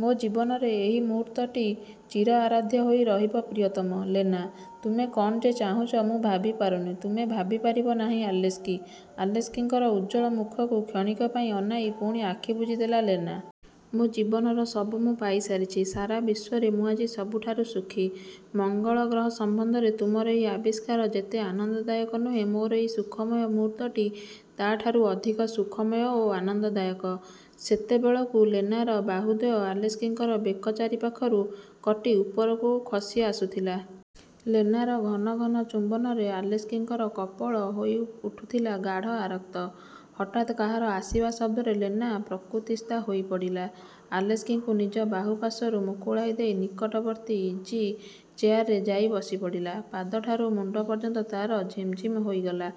ମୋ ଜୀବନରେ ଏହି ମୁହୂର୍ତ୍ତଟି ଚିର ଆରାଧ୍ୟ ହୋଇ ରହିବ ପ୍ରିୟତମ। '' ''ଲେନା! ତୁମେ କ'ଣ ଯେ ଚାହୁଁଛ ମୁଁ ଭାବି ପାରୁନି। '' ''ତୁମେ ଭାବି ପାରିବ ନାହିଁ ଆଲେସ୍କି! '' ଆଲେସ୍କିଙ୍କର ଉଜ୍ଜ୍ୱଳ ମୁଖକୁ କ୍ଷଣିକ ପାଇଁ ଅନାଇ ପୁଣି ଆଖି ବୁଜି ଦେଲା ଲେନା। ' ମୋ ଜୀବନର ସବୁ ମୁଁ ପାଇସାରିଛି। ସାରା ବିଶ୍ୱରେ ମୁଁ ଆଜି ସବୁଠାରୁ ସୁଖୀ। ମଙ୍ଗଳ ଗ୍ରହ ସମ୍ୱନ୍ଧରେ ତୁମର ଏହି ଆବିଷ୍କାର ଯେତେ ଆନନ୍ଦନାୟକ ନୁହେଁ, ମୋର ଏହି ସୁଖମୟ ମୁହୂର୍ତ୍ତଟି ତା'ଠାରୁ ଅଧିକ ସୁଖମୟ ଓ ଆନନ୍ଦଦାୟକ। '' ସେତେବେଳକୁ ଲେନାର ବାହୁଦ୍ୱୟ ଆଲେସ୍କିଙ୍କର ବେକ ଚାରିପାଖରୁ କଟୀ ଉପରକୁ ଖସି ଆସୁଥିଲା। ଲେନାର ଘନ ଘନ ଚୁମ୍ବନରେ ଆଲେସ୍କିଙ୍କର କପୋଳ ହୋଇଉଠିଥିଲା ଗାଢ଼ ଆରକ୍ତ। ହଠାତ୍ କାହାର ଆସିବା ଶବ୍ଦରେ ଲେନା ପ୍ରକୃତିସ୍ଥା ହୋଇପଡ଼ିଲା। ଆଲେସ୍କିଙ୍କୁ ନିଜ ବାହୁପାଶରୁ ମୁକୁଳାଇ ଦେଇ ନିକଟବର୍ତ୍ତୀ ଇଜି ଚେୟାରରେ ଯାଇ ବସିପଡ଼ିଲା। ପାଦଠାରୁ ମୁଣ୍ଡ ପର୍ଯ୍ୟନ୍ତ ତାର ଝିମ୍ଝିମ୍ ହୋଇଗଲା।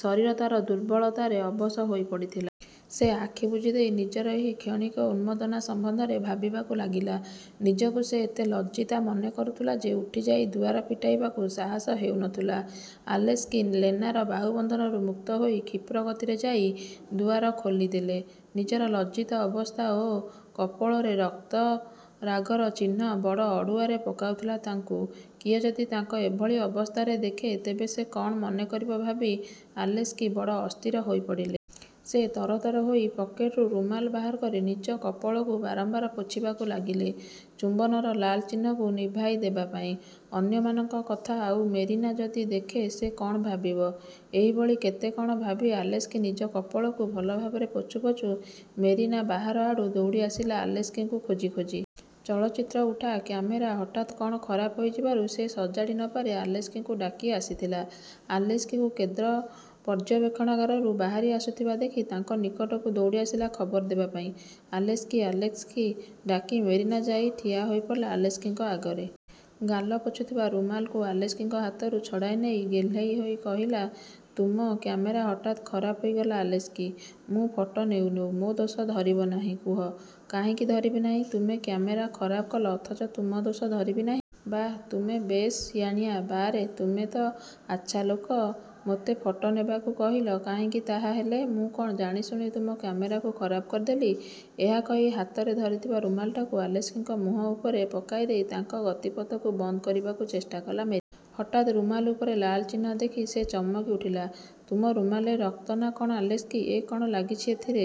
ଶରୀର ତା'ର ଦୁର୍ବଳତାରେ ଅବଶ ହୋଇ ପଡ଼ିଥିଲା। ସେ ଆଖି ବୁଜିଦେଇ ନିଜର ଏହି କ୍ଷଣିକ ଉନ୍ମାଦନା ସମ୍ୱନ୍ଧରେ ଭାବିବାକୁ ଲାଗିଲା। ନିଜକୁ ସେ ଏତେ ଲଜ୍ଜିତା ମନେ କରୁଥିଲା ଯେ, ଉଠିଯାଇ ଦୁଆର ଫିଟାଇବାକୁ ସାହସ ହେଉ ନଥିଲା। ଆଲେସ୍କି ଲେନାର ବାହୁବନ୍ଧନରୁ ମୁକ୍ତ ହୋଇ କ୍ଷିପ୍ରଗତିରେ ଯାଇ ଦୁଆର ଖୋଲିଦେଲେ। ନିଜର ଲଜ୍ଜିତ ଅବସ୍ଥା ଓ କପୋଳରେ ରକ୍ତରାଗର ଚିହ୍ନ ବଡ଼ ଅଡ଼ୁଆରେ ପକାଉଥିଲା ତାଙ୍କୁ କିଏ ଯଦି ତାଙ୍କ ଏଭଳି ଅବସ୍ଥାରେ ଦେଖେ, ତେବେ ସେ କ'ଣ ମନେ କରିବ ଭାବି ଆଲେସ୍କି ବଡ଼ ଅସ୍ଥିର ହୋଇପଡ଼ିଲେ। ସେ ତରତର ହୋଇ ପକେଟରୁ ରୁମାଲ ବାହାର କରି ନିଜ କପୋଳକୁ ବାରମ୍ୱାର ପୋଛିବାକୁ ଲାଗିଲେ, ଚୁମ୍ୱନର ଲାଲ ଚିହ୍ନକୁ ନିଭାଇ ଦେବାପାଇଁ-। ଅନ୍ୟମାନଙ୍କ କଥା ଆଉ, ମେରିନା ଯଦି ଦେଖେ ସେ କ'ଣ ଭାବିବ? ଏହିଭଳି କେତେ କ'ଣ ଭାବି ଆଲେସ୍କି ନିଜ କପୋଳକୁ ଭଲଭାବରେ ପୋଛୁଁ ପୋଛୁଁ: ମେରିନା ବାହାର ଆଡ଼ୁ ଦୌଡ଼ିଆସିଲା ଆଲେସ୍କିଙ୍କୁ ଖୋଜି ଖୋଜି। ଚଳଚ୍ଚିତ୍ର ଉଠା କ୍ୟାମେରା ହଠାତ୍ କ'ଣ ଖରାପ ହୋଇଯିବାରୁ ସେ ସଜାଡ଼ି ନ ପାରି ଆଲେସ୍କିଙ୍କୁ ଡାକି ଆସିଥିଲା। ଆଲେସ୍କିଙ୍କୁ କେନ୍ଦ୍ର ପର୍ଯ୍ୟବେକ୍ଷଣାଗାରରୁ ବାହାରି ଆସୁଥିବା ଦେଖି ତାଙ୍କ ନିକଟକୁ ଦୌଡ଼ିଆସିଲା ଖବର ଦେବା ପାଇଁ। 'ଆଲେସ୍କି, ଆଲେସ୍କି'' ଡାକି ମେରିନା ଯାଇ ଠିଆ ହୋଇପଡ଼ିଲା ଆଲେସ୍କିଙ୍କ ଆଗରେ-। ଗାଲ ପୋଛୁଥିବା ରୁମାଲକୁ ଆଲେସ୍କିଙ୍କ ହାତରୁ ଛଡ଼ାଇ ନେଇ ଗେହ୍ଲେଇ ହୋଇ କହିଲା, ''ତୁମ କ୍ୟାମେରା ହଠାତ୍ ଖରାପ ହୋଇଗଲା ଆଲେସ୍କି–ମୁଁ ଫଟୋ ନେଉଁ ନେଉଁ। ମୋ ଦୋଷ ଧରିବ ନାହିଁ, କୁହ। '' ''କାହିଁକି ଧରିବ ନାହିଁ? ତୁମେ କ୍ୟାମେରା ଖରାପ କଲ ଅଥଚ ତୁମ ଦୋଷ ଧରିବି ନାହିଁ? ବାଃ! ତୁମେ ତ ବେଶ୍ ସିହାଣିଆ? '' ''ବାଃରେ, ତୁମେ ତ ଆଚ୍ଛା ଲୋକ। ମୋତେ ଫଟୋ ନେବାକୁ କହିଲ କାହିଁକି ତାହାହେଲେ? ମୁଁ କ'ଣ ଜାଣିଶୁଣି ତୁମ କ୍ୟାମେରାକୁ ଖରାପ କରିଦେଲି? '' ଏହା କହି ହାତରେ ଧରିଥିବା ରୁମାଲଟାକୁ ଆଲେସ୍କିଙ୍କ ମୁହଁ ଉପରେ ପକାଇଦେଇ ତାଙ୍କ ଗତିପଥକୁ ବନ୍ଦ କରିବାକୁ ଚେଷ୍ଟାକଲା ମେରିନା। ହଠାତ୍ ରୁମାଲ ଉପରେ ଲାଲଚିହ୍ନ ଦେଖି ସେ ଚମକି ଉଠିଲା। '' ତୁମ ରୁମାଲରେ ରକ୍ତ ନା କ'ଣ ଆଲେସ୍କି? '' ଏ କ'ଣ ଲାଗିଛି ଏଥିରେ? ''